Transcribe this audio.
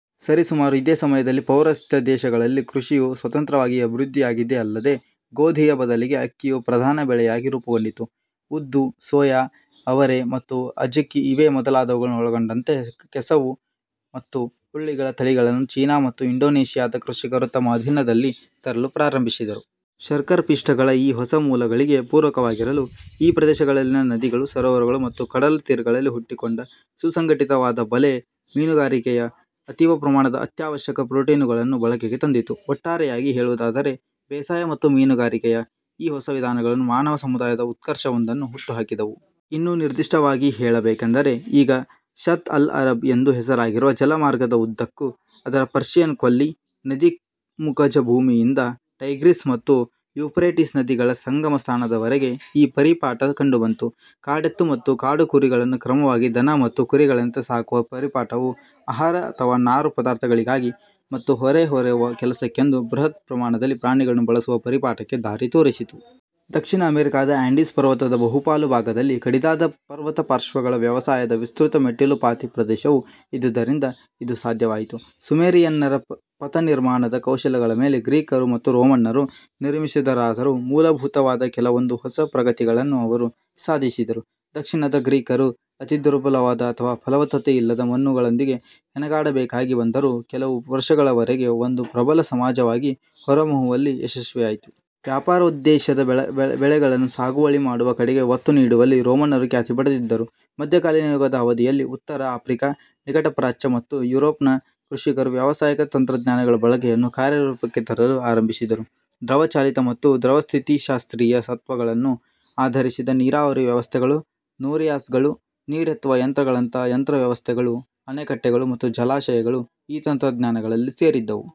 ಸರಿ ಸುಮಾರು ಇದೇ ಸಮಯದಲ್ಲಿ, ಪೌರಸ್ತ್ಯ ದೇಶಗಳಲ್ಲಿ ಕೃಷಿಯು ಸ್ವತಂತ್ರವಾಗಿ ಅಭಿವೃದ್ಧಿಯಾಗಿದ್ದೇ ಅಲ್ಲದೇ, ಗೋಧಿ ಯ ಬದಲಿಗೆ ಅಕ್ಕಿ ಯು ಪ್ರಧಾನ ಬೆಳೆಯಾಗಿ ರೂಪುಗೊಂಡಿತು. ಉದ್ದು, ಸೋಯಾ ಅವರೆ ಮತ್ತು ಅಝುಕಿ ಇವೇ ಮೊದಲಾದವುಗಳನ್ನು ಒಳಗೊಂಡಂತೆ ಕೆಸವು ಮತ್ತು ಹುರುಳಿಗಳ ತಳಿಗಳನ್ನು ಚೀನಾ ಮತ್ತು ಇಂಡೋನೇಷಿಯಾದ ಕೃಷಿಕರು ತಮ್ಮ ಅಧೀನಕ್ಕೆ ತರಲು ಪ್ರಾರಂಭಿಸಿದರು. ಶರ್ಕರಪಿಷ್ಟಗಳ ಈ ಹೊಸ ಮೂಲಗಳಿಗೆ ಪೂರಕವಾಗಿರಲು, ಈ ಪ್ರದೇಶಗಳಲ್ಲಿನ ನದಿಗಳು, ಸರೋವರಗಳು ಮತ್ತು ಕಡಲ ತೀರಗಳಲ್ಲಿ ಹುಟ್ಟಿಕೊಂಡ ಸುಸಂಘಟಿತವಾದ ಬಲೆ- ಮೀನುಗಾರಿಕೆಯು ಅತೀವ ಪ್ರಮಾಣದ ಅತ್ಯಾವಶ್ಯಕ ಪ್ರೊಟೀನುಗಳನ್ನು ಬಳಕೆಗೆ ತಂದಿತು. ಒಟ್ಟಾರೆಯಾಗಿ ಹೇಳುವುದಾದರೆ, ಬೇಸಾಯ ಮತ್ತು ಮೀನುಗಾರಿಕೆಯ ಈ ಹೊಸ ವಿಧಾನಗಳು ಮಾನವ ಸಮುದಾಯದ ಉತ್ಕರ್ಷವೊಂದನ್ನು ಹುಟ್ಟುಹಾಕಿದವು. ಇನ್ನೂ ನಿರ್ದಿಷ್ಟವಾಗಿ ಹೇಳಬೇಕೆಂದರೆ, ಈಗ ಷತ್ ಅಲ್-ಅರಬ್ ಎಂದು ಹೆಸರಾಗಿರುವ ಜಲಮಾರ್ಗದ ಉದ್ದಕ್ಕೂ, ಅದರ ಪರ್ಷಿಯನ್ ಕೊಲ್ಲಿ ನದೀಮುಖಜಭೂಮಿಯಿಂದ ಟೈಗ್ರಿಸ್ ಮತ್ತು ಯೂಫ್ರೆಟೀಸ್ ನದಿಗಳ ಸಂಗಮಸ್ಥಾನದವರೆಗೆ ಈ ಪರಿಪಾಠ ಕಂಡುಬಂತು. ಕಾಡೆತ್ತು ಮತ್ತು ಕಾಡುಕುರಿಗಳನ್ನು ಕ್ರಮವಾಗಿ ದನ ಮತ್ತು ಕುರಿಗಳಂತೆ ಸಾಕುವ ಪರಿಪಾಠವು ಆಹಾರ/ನಾರು ಪದಾರ್ಥಗಳಿಗಾಗಿ ಮತ್ತು ಹೊರೆಹೊರುವ ಕೆಲಸಕ್ಕೆಂದು ಬೃಹತ್-ಪ್ರಮಾಣದಲ್ಲಿ ಪ್ರಾಣಿಗಳನ್ನು ಬಳಸುವ ಪರಿಪಾಠಕ್ಕೆ ದಾರಿ ತೋರಿಸಿತು. ದಕ್ಷಿಣ ಅಮೆರಿಕದ ಆಂಡೀಸ್ ಪರ್ವತದ ಬಹುಪಾಲು ಭಾಗದಲ್ಲಿ ಕಡಿದಾದ ಪರ್ವತಪಾರ್ಶ್ವಗಳ ವ್ಯವಸಾಯದ ವಿಸ್ತೃತ ಮೆಟ್ಟಿಲುಪಾತಿ ಪ್ರದೇಶವು ಇದ್ದುದರಿಂದ ಇದು ಸಾಧ್ಯವಾಯಿತು. ಸುಮೇರಿಯನ್ನರ ಪಥನಿರ್ಮಾಣದ ಕೌಶಲಗಳ ಮೇಲೆ ಗ್ರೀಕರು ಮತ್ತು ರೋಮನ್ನರು ನಿರ್ಮಿಸಿದರಾದರೂ, ಮೂಲಭೂತವಾದ ಕೆಲವೊಂದು ಹೊಸ ಪ್ರಗತಿಗಳನ್ನು ಅವರು ಸಾಧಿಸಿದರು. ದಕ್ಷಿಣದ ಗ್ರೀಕರು ಅತಿ ದುರ್ಬಲವಾದ ಅಥವಾ ಫಲವತ್ತತೆಯಿಲ್ಲದ ಮಣ್ಣುಗಳೊಂದಿಗೆ ಹೆಣಗಾಡಬೇಕಾಗಿ ಬಂದರೂ, ಕೆಲವು ವರ್ಷಗಳವರೆಗೆ ಒಂದು ಪ್ರಬಲ ಸಮಾಜವಾಗಿ ಹೊರಹೊಮ್ಮುವಲ್ಲಿ ಯಶಸ್ವಿಯಾದರು. ವ್ಯಾಪಾರೋದ್ದೇಶದ ಬೆಳೆಗಳನ್ನು ಸಾಗುವಳಿ ಮಾಡುವ ಕಡೆಗೆ ಒತ್ತು ನೀಡುವಲ್ಲಿ ರೋಮನ್ನರು ಖ್ಯಾತಿ ಪಡೆದಿದ್ದರು. ಮಧ್ಯಕಾಲೀನ ಯುಗದ ಅವಧಿಯಲ್ಲಿ, ಉತ್ತರ ಆಫ್ರಿಕಾ, ನಿಕಟಪ್ರಾಚ್ಯ, ಮತ್ತು ಯುರೋಪ್ನ ಕೃಷಿಕರು ವ್ಯಾವಸಾಯಿಕ ತಂತ್ರಜ್ಞಾನಗಳ ಬಳಕೆಯನ್ನು ಕಾರ್ಯರೂಪಕ್ಕೆ ತರಲು ಆರಂಭಿಸಿದರು. ದ್ರವಚಾಲಿತ ಮತ್ತು ದ್ರವಸ್ಥಿತಿಶಾಸ್ತ್ರೀಯ ತತ್ತ್ವಗಳನ್ನು ಆಧರಿಸಿದ ನೀರಾವರಿ ವ್ಯವಸ್ಥೆಗಳು, ನೋರಿಯಾಸ್ಗಳು, ನೀರೆತ್ತುವ ಯಂತ್ರಗಳಂಥ ಯಂತ್ರವ್ಯವಸ್ಥೆಗಳು, ಅಣೆಕಟ್ಟೆಗಳು, ಮತ್ತು ಜಲಾಶಯಗಳು ಈ ತಂತ್ರಜ್ಞಾನಗಳಲ್ಲಿ ಸೇರಿದ್ದವು.